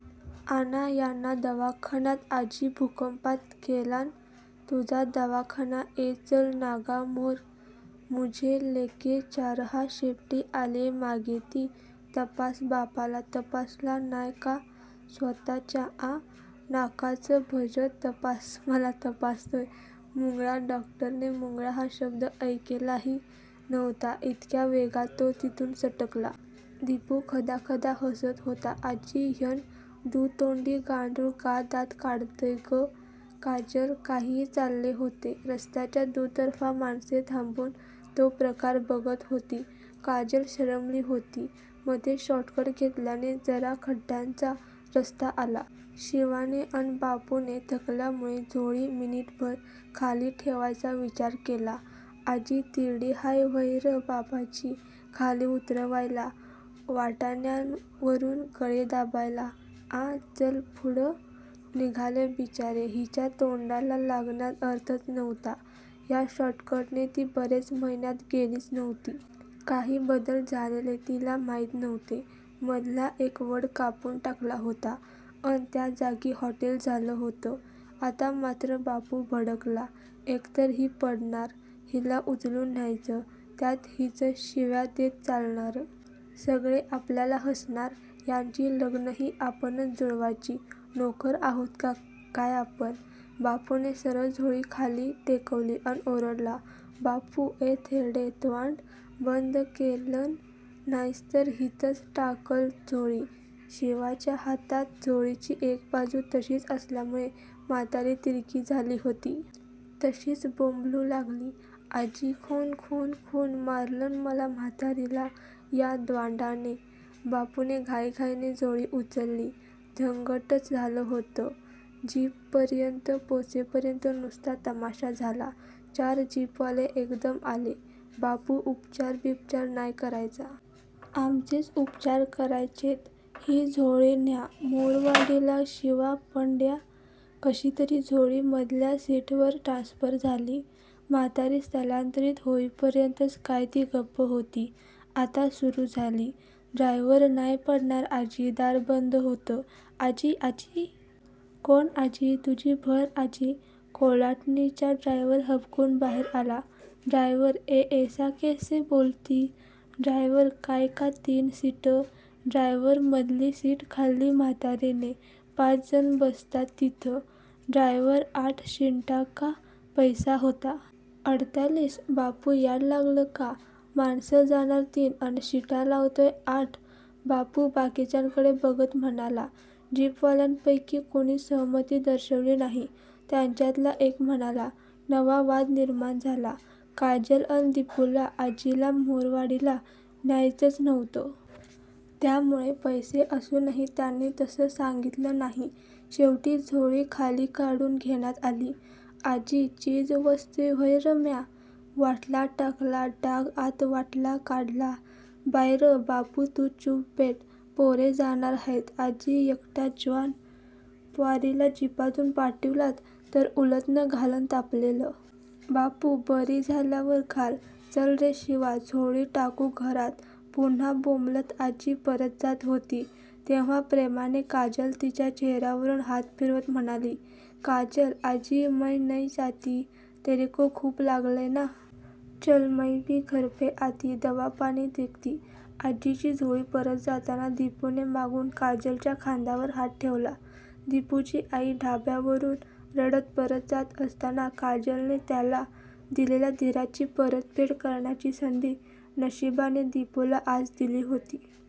आणा यांना दवाखान्यात आजी भुकंपात ग्येलान तुझा दवाखाना ए चल नाकाम्होरं मुझे लेके जारहा शेपटी आलीय मागे ती तपास बापाला तपासला नाय का स्वतःच्या आ? नाकाचं भजं तपास मला तपासतोय मुंगळा डॉक्टरने मुंगळा हा शब्द ऐकलाही नव्हता इतक्या वेगात तो तिथून सटकला. दिपू खदाखदा हसत होता. आजी ह्यं दुतोंडी गांडुळ का दात काढतंय ग काजल? काहीही चाललेले होते. रस्त्याच्या दुतर्फा माणसे थांबून तो प्रकार बघत होती. काजल शरमली होती. मधेच शॉर्टकट घेतल्याने जरा खड्ड्यांचा रस्ता आला. शिवाने अन बापूने थकल्यामुळे झोळी मिनिटभर खाली ठेवायचा विचार केला. आजी तिरडी हाय व्हंय रं बापाची खाली उतरवायला? वाटण्यांवरून गळे दाबायला? आ? चल फुडं निघाले बिचारे. हिच्या तोंडाला लागण्यात अर्थच नव्हता. या शॉर्टकटने ती बरेच महिन्यात गेलीच नव्हती. काही बदल झालेले तिला माहीत नव्हते. मधला एक वड कापुन टाकला होता अन त्या जागी होटेल झालं होतं! आता मात्र बापू भडकला. एकतर ही पडणार, हिला उचलून न्यायचं! त्यात हीच शिव्या देत चालणार. सगळे आपल्याला हसणार! यांची लग्नंही आपणच जुळवायची. नोकर आहोत का काय आपण? बापूने सरळ झोळी खाली टेकवली अन ओरडला. बापू ये थेरडे त्वांड बंद क्येलं न्हायस तर हितंच टाकंल झोळी शिवाच्या हातात झोळीची एक बाजू तशीच असल्यामुळे म्हातारी तिरकी झाली होती. तशीच बोंबलू लागली. आजी खून खून खून.. मारलन मला म्हातारीला या द्वाडाने बापूने घाईघाईने झोळी उचलली. झंगटच झालं होतं! जीपपर्यंत पोचेपर्यंत नुसता तमाशा झाला. चार जीपवाले एकदम आले. बापू उपचार बिपचार नाय करायचा. आमचेच उपचार करायचेत. ही झोळी न्या महुरवाडीला शिवा पड्या कशीतरी झोळी मधल्या सीटवर ट्रान्स्फर झाली. म्हातारी स्थलांतरीत होईपर्यंतच काय ती गप्प होती. आता सुरू झाली. ड्रायव्हर नाय पडणार आजी दार बंद होतं. आजी आजी? कोन आजी? तुझी भन आजी! कोल्हाटणीच्या ड्रायव्हर हबकून बाहेर आला. ड्रायव्हर ये ऐसा कैसे बोलती? ड्रायव्हर कायका तीन सीट? ड्रायव्हर मधली सिट खाल्ली म्हातारीने पाच जण बसतात थितं ड्रायव्हर आठ शिटांका पैसा होता. अडतालीस. बापू याड लागलं का? माणसं जाणार तीन अन शिटा लावतोय आठ बापू बाकीच्यांकडे बघत म्हणाला. जीपवाल्यांपैकी कुणीच सहमती दर्शवली नाही. त्यांच्यातला एक म्हणाला: नवा वाद निर्माण झाला. काजल अन दिपूला आजीला महुरवाडीला न्यायचच नव्हतं! त्यामुळे पैसे असूनही त्यांनी तसं सांगीतलं नाही. शेवटी झोळी खाली काढुन घेण्यात आली. आजी चीजवस्तूय व्हय रं म्या? वाटला टाकला डाग आत वाटला काढला भाईर बापू तू चूप बैठ पोरे जाणार हायत आजी यकट्या ज्वान प्वारीला जीपातून पाठविलात तर उलथ्न घालंन तापलेलं. बापू बरी झाल्यावर घाल. चल रे शिवा झोळी टाकू घरात पुन्हा बोंबलत आजी परत जात होती तेव्हा प्रेमाने काजल तिच्या चेहर्यावरून हात फिरवत म्हणाली: काजल आजी मय नय जाती. तेरेको खूप लागलंय ना? चल मय बी घरपे आती. दवापानी देखती आजीची झोळी परत जाताना दिपूने मागून काजलच्या खांद्यावर हात ठेवला. दिपूची आई ढाब्यावरुन रडत परत जात असताना काजलने त्याला दिलेल्या धीराची परतफेड करण्याची संधी नशीबाने दिपूला आज दिली होती.